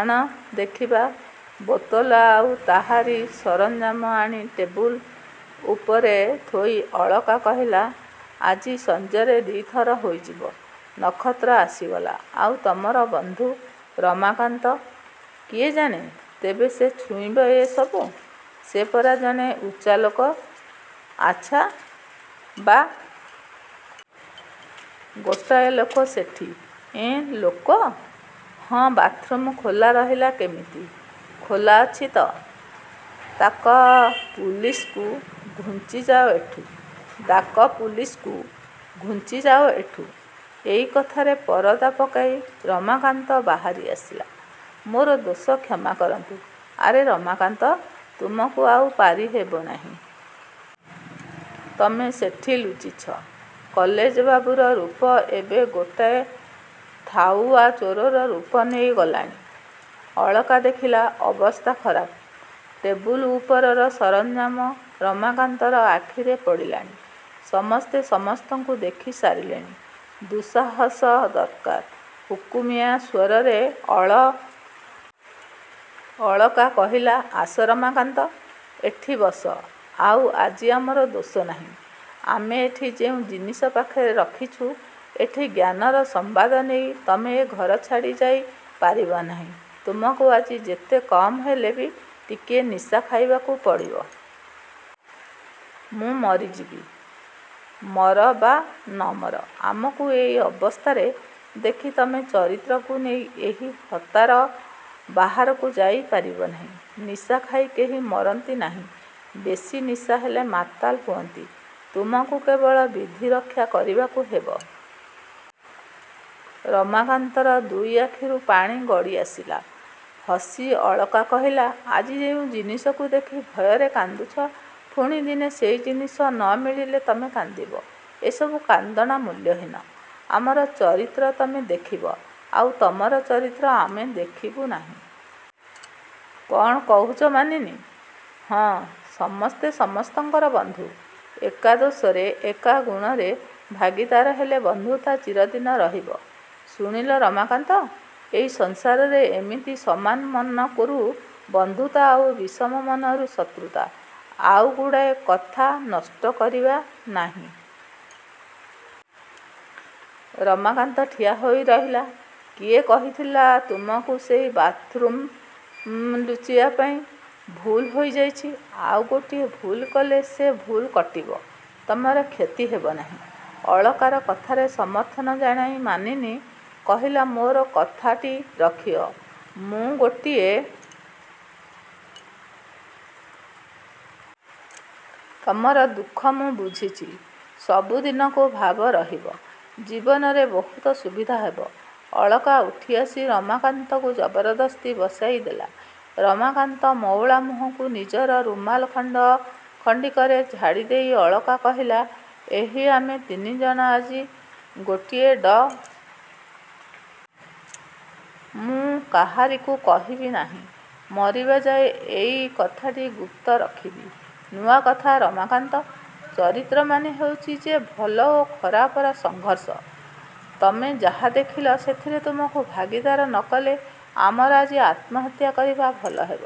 ଆଣ-ଦେଖିବା। -ବୋତଲ ଆଉ ତାହାରି ସରଞ୍ଜାମ ଆଣି ଟେବୁଲ। ଉପରେ ଥୋଇ ଅଳକା କହିଲା-ଆଜି ସଞ୍ଜରେ ଦି'ଥର ହୋଇଯିବ। ନକ୍ଷତ୍ର ଆସିଥିଲା- -ଆଉ, ତମର ବନ୍ଧୁ ରମାକାନ୍ତ? -କିଏ ଜାଣେ? ତେବେ ସେ ଛୁଇଁବ ଏ ସବୁ? ସେ ପରା ଜଣେ ଉଞ୍ଚା ଲୋକ। ଆଚ୍ଛା, ବାଥରୁମ୍ରୁ ଆସେ କହି ମାନମୟୀ ହଠାତ୍ ଫେରି ଆସି ଶଙ୍କିତ ଗଳାରେ ପଚାରିଲା-କ'ଣ ଅଳକା? ଗୋଟାଏ ଲୋକ ସେଠି? -ଏଁ, ଲୋକ? -ହଁ। -ବାଥରୁମ୍ ଖୋଲା ରହିଲା କେମିତି? -ଖୋଲା ଅଛି ତ। -ଡାକ ପୁଲିସ୍କୁ। ଘୁଞ୍ଚିଯାଅ ଏଠୁ। ଏଇକଥାରେ ପରଦା ପକାଇ ରମାକାନ୍ତ ବାହାରି ଆସିଲା-ମୋର ଦୋଷ କ୍ଷମା କରନ୍ତୁ-। -ଆରେ ରମାକାନ୍ତ? ତୁମକୁ ଆଉ ପାରି ହେବ ନାହିଁ। ତମେ ସେଠି ଲୁଚିଛ? -କଲେଜ ବାବୁର ରୂପ ଏବେ ଗୋଟାଏ ଠାଉଆ ଚୋରର ରୂପ ନେଇ ଗଲାଣି। ଅଳକା ଦେଖିଲା-ଅବସ୍ଥା ଖରାପ। ଟେବୁଲ ଉପରର ସରଞ୍ଜାମ ରମାକାନ୍ତର ଆଖିରେ ପଡ଼ିଲାଣି। ସମସ୍ତେ ସମସ୍ତଙ୍କୁ ଦେଖି ସାରିଲେଣି। ଦୁଃସାହସ ଦରକାର। ହୁକୁମିଆ ସ୍ୱରରେ ଅଳକା କହିଲା-ଆସ ରମାକାନ୍ତ! ଏଠି ବସ, ଆଉ ଆଜି ଆମର ଦୋଷ ନାହିଁ। ଆମେ ଏହି ଯେଉଁ ଜିନିଷ ପାଖରେ ରଖିଛୁ ଏହି ଜ୍ଞାନର ସମ୍ବାଦ ନେଇ ତମେ ଏ ଘର ଛାଡ଼ି ଯାଇ ପାରିବ ନାହିଁ। ତୁମକୁ ଆଜି ଯେତେ କମ୍ ହେଲେ ବି ଟିକିଏ ନିଶା ଖାଇବାକୁ ପଡ଼ିବ। -ମୁଁ ମରିଯିବି। -ମର ବା ନ ମର, ଆମକୁ ଏଇ ଅବସ୍ଥାରେ ଦେଖି ତମେ ଚରିତ୍ରକୁ ନେଇ ଏହି ହତାର ବାହାରକୁ ଯାଇପାରିବ ନାହିଁ। ନିଶା ଖାଇ କେହି ମରନ୍ତି ନାହିଁ। ବେଶି ନିଶା ହେଲେ ମାତାଲ ହୁଅନ୍ତି। ତୁମକୁ କେବଳ ବିଧିରକ୍ଷା କରିବାକୁ ହେବ। ରମାକାନ୍ତର ଦୁଇ ଆଖିରୁ ପାଣି ଗଡ଼ି ଆସିଲା। ହସି ଅଳକା କହିଲା-ଆଜି ଯେଉଁ ଜିନିଷକୁ ଦେଖି ଭୟରେ କାନ୍ଦୁଛ, ପୁଣି ଦିନେ ସେଇ ଜିନିଷ ନ ମିଳିଲେ ତମେ କାନ୍ଦିବ ଏସବୁ କାନ୍ଦଣା ମୂଲ୍ୟହୀନ। ଆମର ଚରିତ୍ର ତମେ ଦେଖିବ-ଆଉ ତମର ଚରିତ୍ର ଆମେ ଦେଖିବୁ ନାହିଁ? -କ'ଣ କହୁଛ ମାନିନୀ? -ହଁ। ସମସ୍ତେ ସମସ୍ତଙ୍କର ବନ୍ଧୁ। ଏକା ଦୋଷରେ, ଏକା ଗୁଣରେ ଭାଗୀଦାର ହେଲେ ବନ୍ଧୁତା ଚିରଦିନ ରହିବ। -ଶୁଣିଲ ରମାକାନ୍ତ! ଏଇ ସଂସାରରେ ଏମିତି ସମାନ ମନରୁ ବନ୍ଧୁତା ଆଉ ବିଷମ ମନରୁ ଶତ୍ରୁତା। ଆଉ ଗୁଡ଼ାଏ କଥା ନଷ୍ଟ କରିବା ନାହିଁ-ଆସ। ରମାକାନ୍ତ ଠିଆ ହୋଇ ରହିଲା। -କିଏ କହିଥିଲା ତୁମକୁ ସେହି ବାଥରୁମ୍ରେ ଲୁଚିବା ପାଇଁ। ଭୁଲ ହୋଇ ଯାଇଛି-ଆଉ ଗୋଟିଏ ଭୁଲ କଲେ ସେ ଭୁଲ କଟିବ। ତମର କ୍ଷତି ହେବ ନାହିଁ। ଅଳକାର କଥାରେ ସମର୍ଥନ ଜଣାଇ ମାନିନୀ କହିଲା-ମୋର କଥାଟି ରଖିବ। ମୁଁ ଗୋଟିଏ ଅତି ଦୁଃଖୀ ଘରର ଝିଅ। ତମର ଦୁଃଖ ମୁଁ ବୁଝିଛି। ସବୁଦିନକୁ ଭାବ ରହିବ। ଜୀବନରେ ବହୁତ ସୁବିଧା ହେବ। ଅଳକା ଉଠିଆସି ରମାକାନ୍ତକୁ ଜବରଦସ୍ତି ବସାଇ ଦେଲା-। ରମାକାନ୍ତ ମଉଳା ମୁହଁକୁ ନିଜର ରୁମାଲ ଖଣ୍ଡିକରେ ଝାଡ଼ି ଦେଇ ଅଳକା କହିଲା-ଏହି ଆମେ ତିନିଜଣ ଆଜି ଗୋଟିଏ ଡଙ୍ଗାରେ। ଘଟଣାଚକ୍ରରେ ପଡ଼ି ଏତକ ହେଲା, କିନ୍ତୁ ଏଇ ଏତକ ଏକାଠି କରିବାକୁ ହେବ। -ମୁଁ କାହାରିକୁ କହିବି ନାହିଁ। ମରିବା ଯାଏ ଏଇ କଥାଟି ଗୁପ୍ତ ରଖିବି। -ନୂଆ କଥା ରମାକାନ୍ତ! ଚରିତ୍ର ମାନେ ହେଉଛି ଯେ ଭଲ ଓ ଖରାପର ସଂଘର୍ଷ। ତମେ ଯାହା ଦେଖିଲ, ସେଥିରେ ତୁମକୁ ଭାଗୀଦାର ନ କଲେ ଆମର ଆଜି ଆତ୍ମହତ୍ୟା କରିବା ଭଲ ହେବ!